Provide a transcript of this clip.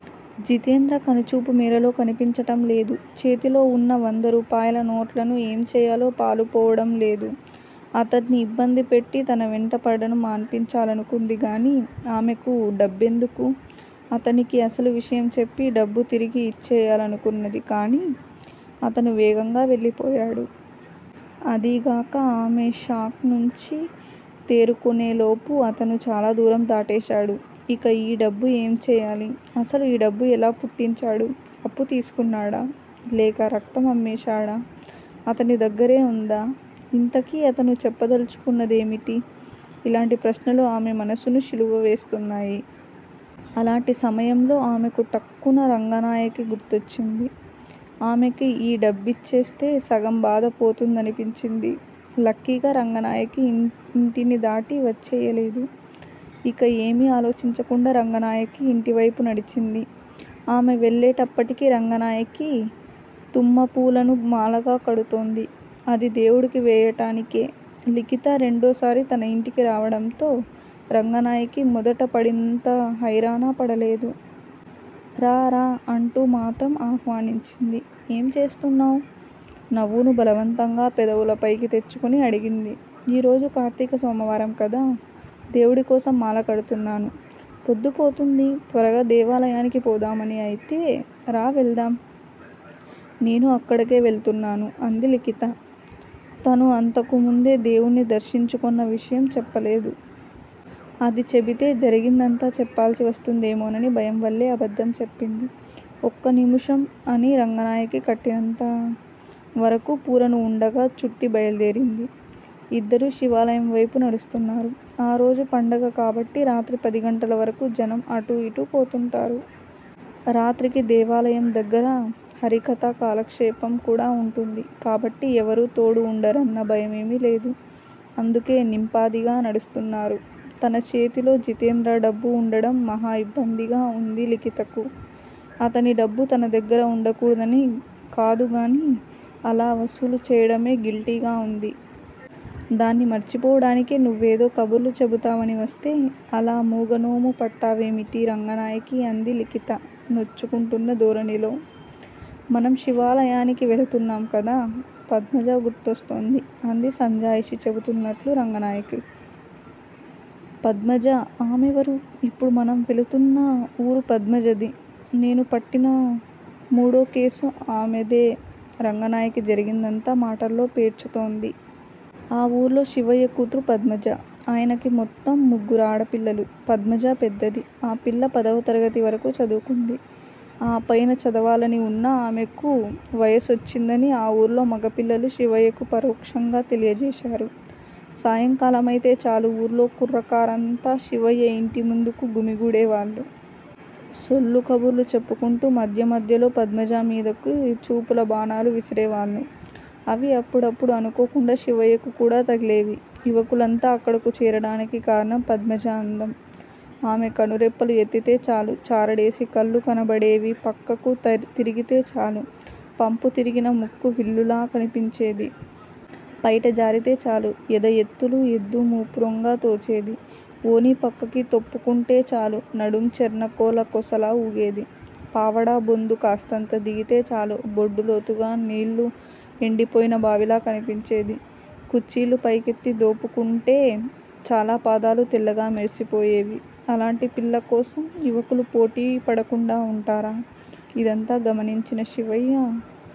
జితేంద్ర కనుచూపు మేరలో కనిపించటం లేదు. చేతిలో వున్న వందరూపాయల నోట్లను ఏం చేయాలో పాలుపోవడం లేదు. అతడ్ని ఇబ్బంది పెట్టి తన వెంట పడడం మాన్పించాలనుకుంది గానీ ఆమెకు డబ్బెందుకు? అతనికి అసలు విషయం చెప్పి డబ్బు తిరిగి ఇచ్చెయ్యాలనుకున్నది కానీ అతను వేగంగా వెళ్ళిపోయాడు. అదీగాక ఆమె షాక్ నుంచి తేరుకునేలోపు అతను చాలా దూరం దాటేశాడు. ఇక ఈ డబ్బు ఏం చేయాలి. అసలు ఈ డబ్బు ఎలా పుట్టించాడు. అప్పు తీసుకున్నాడా? లేక రక్తం అమ్మేశాడా? అతని దగ్గరే వుందా? ఇంతకీ అతను చెప్పదలుచుకున్నదేమిటి? ఇలాంటి ప్రశ్నలు ఆమె మనసుని శిలువ వేస్తున్నాయి. అలాంటి సమయంలో ఆమెకు ఠక్కున రంగనాయకి గుర్తొచ్చింది. ఆమెకి ఈ డబ్బిచ్చేస్తే సగం బాధ పోతుందనిపించింది. లక్కీగా రంగనాయకి ఇంటిని దాటి వచ్చెయ్యలేదు. ఇక ఏమీ ఆలోచించకుండా రంగనాయకి ఇంటివైపు నడిచింది. ఆమె వెళ్ళేటప్పటికి రంగనాయకి తుమ్మపూలను మాలగా కడుతోంది. అది దేవుడికి వేయటానికే. లిఖిత రెండోసారి తన ఇంటికి రావడంతో రంగనాయకి మొదట పడినంత హైరానా పడలేదు. రా రా అంటూ మాత్రం ఆహ్వానించింది. ఏం చేస్తున్నావ్? నవ్వును బలవంతంగా పెదవులపైకి తెచ్చుకుని అడిగింది. ఈరోజు కార్తీక సోమవారం కదా, దేవుడికోసం మాల కడుతున్నాను. పొద్దుపోతుంది. త్వరగా దేవాలయానికి పోదామని అయితే రా వెళదాం. నేనూ అక్కడకే వెళుతున్నాను అంది లిఖిత. తను అంతకు ముందే దేవుడ్ని దర్శించుకున్న విషయం చెప్పలేదు. అది చెబితే జరిగిందంతా చెప్పాల్సి వస్తుందేమోనని భయం వల్లే అబద్దం చెప్పింది. ఒక్క నిముషం అని రంగనాయకి కట్టినంత వరకు పూలను వుండగా చుట్టి బయల్దేరింది. ఇద్దరూ శివాలయం వైపు నడుస్తున్నారు. ఆ రోజు పండగ కాబట్టి రాత్రి పదిగంటల వరకు జనం అటూ యిటూ పోతుంటారు. రాత్రికి దేవాలయం దగ్గర హరికథా కాలక్షేపం కూడా వుంటుంది. కాబట్టి ఎవరూ తోడు వుండరన్న భయమేమీ లేదు. అందుకే నింపాదిగా నడుస్తున్నారు. తన చేతిలో జితేంద్ర డబ్బు వుండడం మహా ఇబ్బందిగా వుంది లిఖితకు. అతని డబ్బు తన దగ్గర వుండకూడదని కాదుగానీ అలా వసూలు చేయడమే గిల్టీగా వుంది. దాన్ని మరిచిపోవడానికే నువ్వేదో కబుర్లు చెబుతావని వస్తే అలా మూగనోము పట్టావేమిటి రంగనాయకీ అంది లిఖిత నొచ్చుకొంటున్న ధోరణిలో. మనం శివాలయానికి వెళుతున్నాం కదా- పద్మజ గుర్తుస్తోంది అంది సంజాయిషీ చెబుతున్నట్లు రంగనాయకి. పద్మజా? ఆమెవరు? ఇప్పుడు మనం వెళుతున్న వూరు పద్మజది. నేను పట్టిన మూడో కేసు ఆమెదే రంగనాయకి జరిగిందంతా మాటల్లో పేర్చుతోంది. ఆ ఊర్లో శివయ్య కూతురు పద్మజ. ఆయనకి మొత్తం ముగ్గురాడపిల్లలు. పద్మజ పెద్దది. ఆ పిల్ల పదవ తరగతి వరకు చదువుకుంది. ఆ పైన చదవాలని వున్నా ఆమెకు వయసొచ్చిందని ఆ ఊర్లో మగపిల్లలు శివయ్యకు పరోక్షంగా తెలియజేశారు. సాయంకాలమైతే చాలు ఊర్లో కుర్రకారంతా శివయ్య ఇంటిముందు గుమిగూడేవాళ్ళు. సొల్లు కబుర్లు చెప్పుకొంటూ మధ్య మధ్యలో పద్మజ మీదకి చూపుల బాణాలు విసిరేవాళ్ళు. అవి అప్పుడప్పుడు అనుకోకుండా శివయ్యకు కూడా తగిలేవి. యువకులంతా అక్కడకు చేరడానికి కారణం పద్మజ అందం. ఆమె కనురెప్పలు ఎత్తితే చాలు చారడేసి కళ్ళు కనబడేవి పక్కకు తిరిగితే చాలు పంపు తిరిగిన ముక్కు విల్లులా కనిపించేది. పైట జారితే చాలు ఎద ఎత్తులు ఎద్దు మూపురంగా తోచేది. ఓణి పక్కకి తప్పుకొంటే చాలు నడుం చెర్నకోల కొసలా వూగేది. పావడా బొందు కాస్తంత దిగితే చాలు బొడ్డు లోతుగా నీళ్ళు ఎండిపోయిన బావిలా కనిపించేది. కుచ్చిళ్ళు పైకెత్తి దోపుకుంటే చాల పాదాలు తెల్లగా మెరిసిపోయేవి. అలాంటి పిల్లకోసం యువకులు పోటీ పడకుండా వుంటారా? ఇదంతా గమనించిన శివయ్య